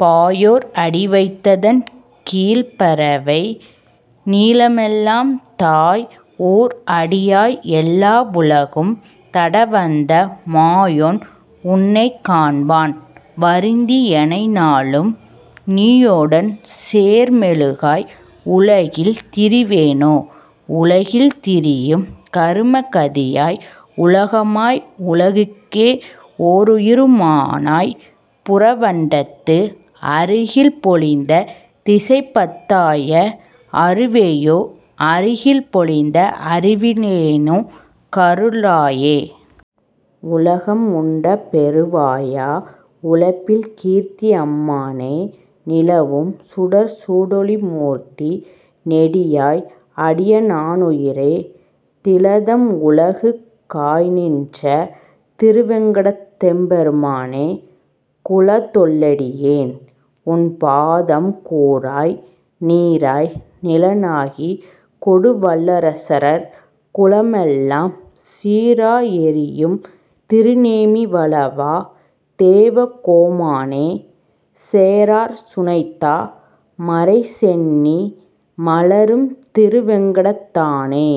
பாயோர் அடிவைத் ததன்கீழ்ப் பரவை நீலமெல்லாம் தாய், ஓர் அடியாய் எல்லா வுலகும் தடவந்த மாயோன், உன்னைக் காண்பான் வருந்தி யெனைநாளும், தீயோடுடன்சேர் மெழுகாய் உலகில் திரிவேனோ?. உலகில் திரியும் கரும கதியாய் உலகமாய், உலகுக்கே ஓருயிரு மானாய் புறவண்டத்து, அலகில் பொலிந்த திசைபத் தாய அருவேயோ, அலகில் பொலிந்த அறிவி லேனுக் கருளாயே.. உலகம் உண்ட பெருவாயா. உலப்பில் கீர்த்தி யம்மானே, நிலவும் சுடர்சூ ழொளிமூர்த்தி. நெடியாய். அடியே னாருயிரே, திலதம் உலகுக் காய்நின்ற திருவேங் கடத்தெம் பெருமானே, குலதொல் லடியேன் உன்பாதம் கூறாய் நீறாய் நிலனாகிக் கொடுவல் லசுரர் குலமெல்லாம் சீறா எறியும் திருநேமி வலவா. தெய்வக் கோமானே, சேறார் சுனைத்தா மரைசெந்தீ மலரும் திருவேங் கடத்தானே,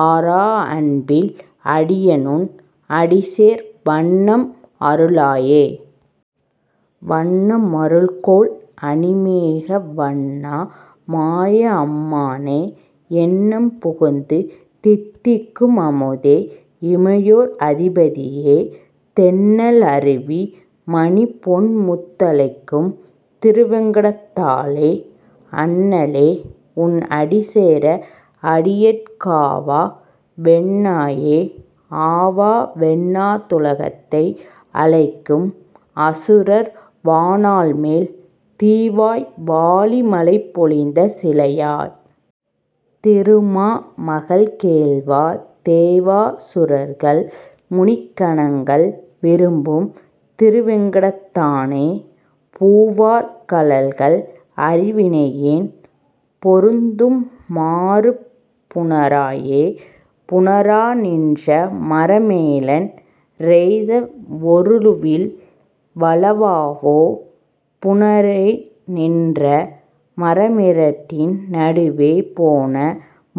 ஆறா அன்பில் அடியேனுன் அடிசேர் வண்ணம் அருளாயே.. வண்ண மருள்கொள் அணிமேக வண்ணா. மாய அம்மானே, எண்ணம் புகுந்து தித்திக்கும் அமுதே. இமையோர் அதிபதியே, தெண்ணல் அருவி மணிபொன்முத் தலைக்கும் திருவேங் கடத்தானே, அண்ண லே. உன் அடிசேர அடியேற் காவா வென்னாயே.. ஆவா வென்னா துலகத்தை அலைக்கும் அசுரர் வாணாள்மேல், தீவாய் வாளி மழைபொழிந்த சிலையா. திருமா மகள்கேள்வா, தேவா சுரர்கள் முனிக்கணங்கள் விரும்பும் திருவேங் கடத்தானே, பூவார் கழல்கள் அருவினையேன் பொருந்து மாறு புணராயே.. புணரா நின்ற மரமேழன் றெய்த வொருவில் வலவாவோ, புணரேய் நின்ற மரமிரண்டின் நடுவே போன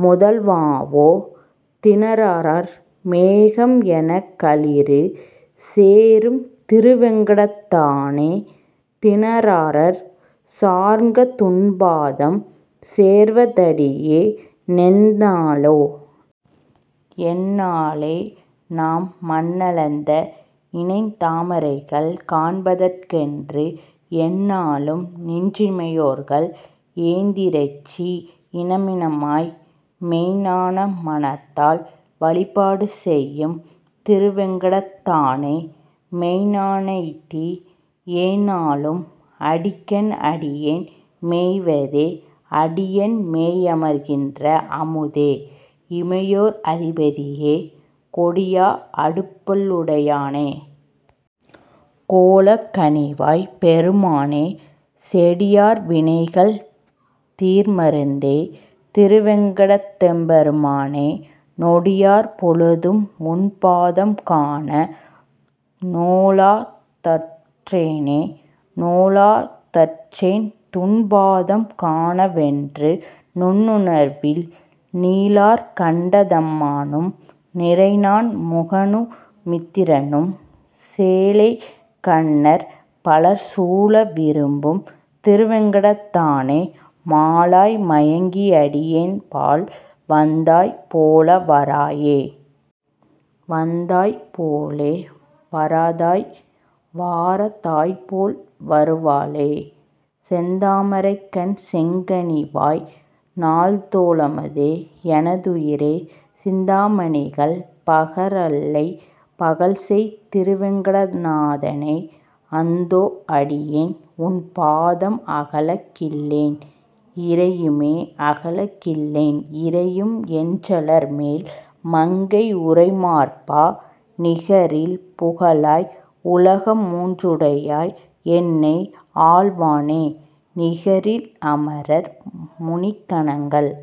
முதல்வாவோ, திணரார் மேகம் எனக்களிறு சேரும் திருவேங் கடத்தானே, திணரார் சார்ங்கத் துன்பாதம் சேர்வ தடியே னெந்நாளே?. எந்நா ளேநாம் மண்ணளந்த இணைத்தா மரைகள் காண்பதற்கெ ன்று, எந்நா ளும்நின் றிமையோர்கள் ஏத்தி யிறைஞ்சி யினமினமாய், மெய்ந்நா மனத்தால் வழிபாடு செய்யும் திருவேங் கடத்தானே, மெய்ந்நா னெய்தி யெந்நாளுன் அடிக்கண் அடியேன் மேவுவதே?. அடியேன் மேவி யமர்கின்ற அமுதே. இமையோர் அதிபதியே, கொடியா அடுபுள் ளுடையானே. கோலக் கனிவாய்ப் பெருமானே, செடியார் வினைகள் தீர்மருந்தே. திருவேங் கடத்தெம் பெருமானே, நொடியார் பொழுதும் உன்பாதம் காண நோலா தாற்றேனே.. நோலா தாற்றேன் நுன்பாதம் காண வென்று நுண்ணுணர்வில், நீலார் கண்டத் தம்மானும் நிறைநான் முகனு மிந்திரனும், சேலேய் கண்ணார் பலர்சூழ விரும்பும் திருவேங் கடத்தானே, மாலாய் மயக்கி யடியேன்பால் வந்தாய் போல வாராயே.. வந்தாய் போலே வாராதாய். வாரா தாய்போல் வருவாலே, செந்தா மரைக்கண் செங்கனிவாய் நால்தோ ளமுதே. எனதுயிரே, சிந்தா மணிகள் பகரல்லைப் பகல்செய் திருவேங் கடத்தானே, அந்தோ. அடியேன் உன்பாதம் அகல கில்லேன் இறையுமே.. அகல கில்லேன் இறையும் என் றலர்மேல் மங்கை யுறைமார்பா, நிகரில் புகழாய். உலகமூன் றுடையாய். என்னை ஆள்வானே, நிகரில் அமரர் முனிக்கணங்கள்